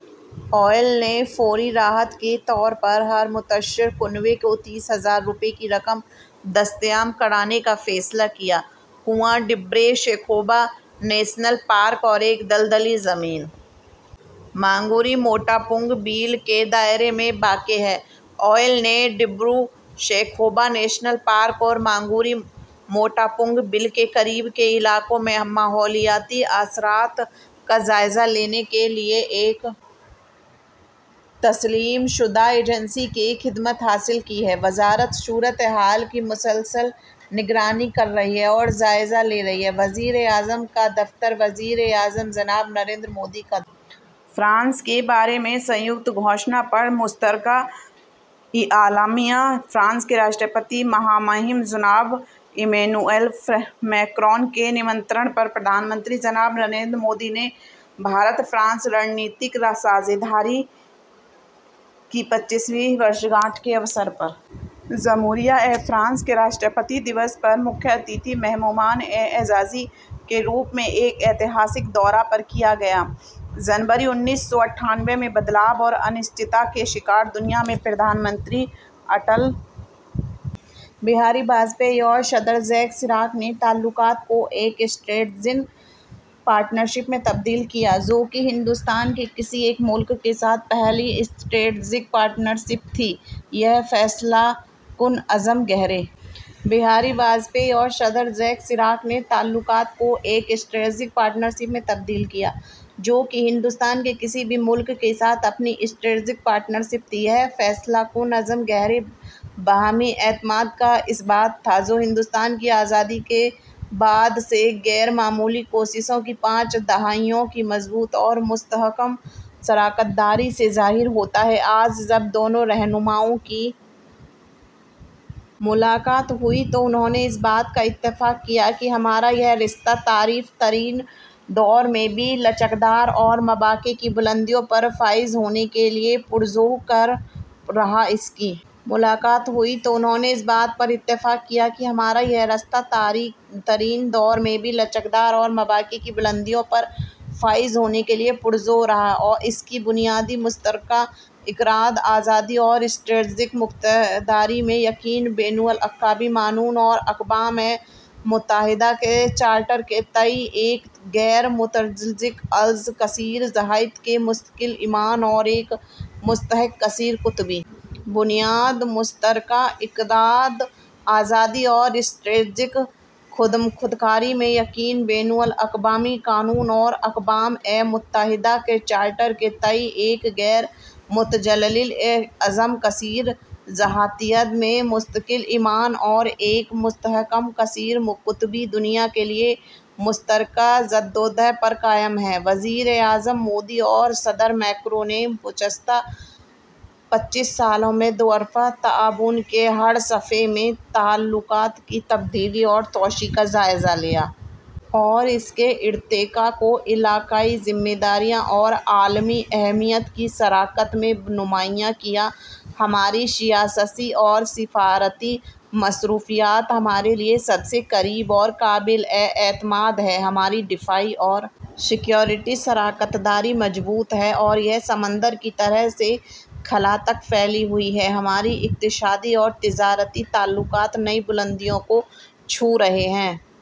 O I L نے فوری راحت کے طور پر ہر متاثرہ کنبے کو تیس ہزار روپے کی رقم دستیاب کرانے کا فیصلہ کیا ہے کنواں ڈبرو سیکھووا نیشنل پارک اور ایک دلدلی زمین ماگوری موٹاپنگ بیل کے دائرے میں واقع ہے او آئی ایل نے ڈبرو سیکھووا نیشنل پارک اور ماگوری موٹاپنگ بیل کے قریب کے علاقے میں ماحولیاتی اثرات کا جائزہ لینے کے لیے ایک تسلیم شدہ ایجنسی کی خدمات حاصل کی ہیں وزارت صورت حال کی مسلسل نگرانی کر رہی ہے اور جائزہ لے رہی ہے وزیر اعظم کا دفتر وزیر اعظم جناب نریندر مودی کے دورہ فرانس کے بارے میں مشترکہ اعلامیہ فرانس کے صدر عزت مآب جناب ایمانوئل میکروں کی دعوت پر وزیر اعظم جناب نریندر مودی نے ہند فرانس اسٹریٹجک پارٹنرشپ کی پچیسویں سالگرہ کے موقع پر جمہوریہ فرانس کے قومی دن پر مہمان اعزازی کے طور پر ایک تاریخی دورہ مکمل کیا جنوری انیس سو اٹھانوے میں تبدیلی اور غیر یقینی صورتحال کی شکار دنیا میں وزیر اعظم اٹل بہاری واجپئی اور صدر جیک شیراک نے تعلقات کو ایک اسٹریٹجک پارٹنرشپ میں تبدیل کیا جو کہ ہندوستان کی کسی بھی ملک کے ساتھ پہلی اسٹریٹجک پارٹنرشپ تھی یہ فیصلہ کن عزم گہرے باہمی اعتماد کا اثبات تھا جو ہندوستان کی آزادی کے بعد سے غیر معمولی کوششوں کی پانچ دہائیوں کی مضبوط اور مستحکم شراکت داری سے ظاہر ہوتا ہے آج جب دونوں رہنماؤں کی ملاقات ہوئی تو انہوں نے اس بات پر اتفاق کیا کہ ہمارا یہ رشتہ تاریک ترین دور میں بھی لچکدار اور مواقع کی بلندیوں پر فائز ہونے کے لیے پرجوش رہا اس کی بنیاد مشترکہ اقدار آزادی اور اسٹریٹجک خودمختاری میں یقین بین الاقوامی قانون اور اقوام متحدہ کے چارٹر کے تئیں ایک غیر متزلزل عزم کثیر جہتیت میں مستقل ایمان اور ایک مستحکم کثیر قطبی دنیا کے لیے مشترکہ جدوجہد پر قائم ہے وزیر اعظم مودی اور صدر میکروں نے گزشتہ پچیس سالوں میں دوطرفہ تعاون کے ہر شعبے میں تعلقات کی تبدیلی اور توسیع کا جائزہ لیا اور اس کے ارتقا کو علاقائی ذمہ داریوں اور عالمی اہمیت کی شراکت میں نمایاں کیا ہماری سیاسی اور سفارتی مصروفیات ہمارے لیے سب سے قریب اور قابل اعتماد ہیں ہماری دفاعی اور سیکورٹی شراکت داری مضبوط ہے اور یہ سمندر کی تہہ سے خلا تک پھیلی ہوئی ہے ہمارے اقتصادی اور تجارتی تعلقات نئی بلندیوں کو چھو رہے ہیں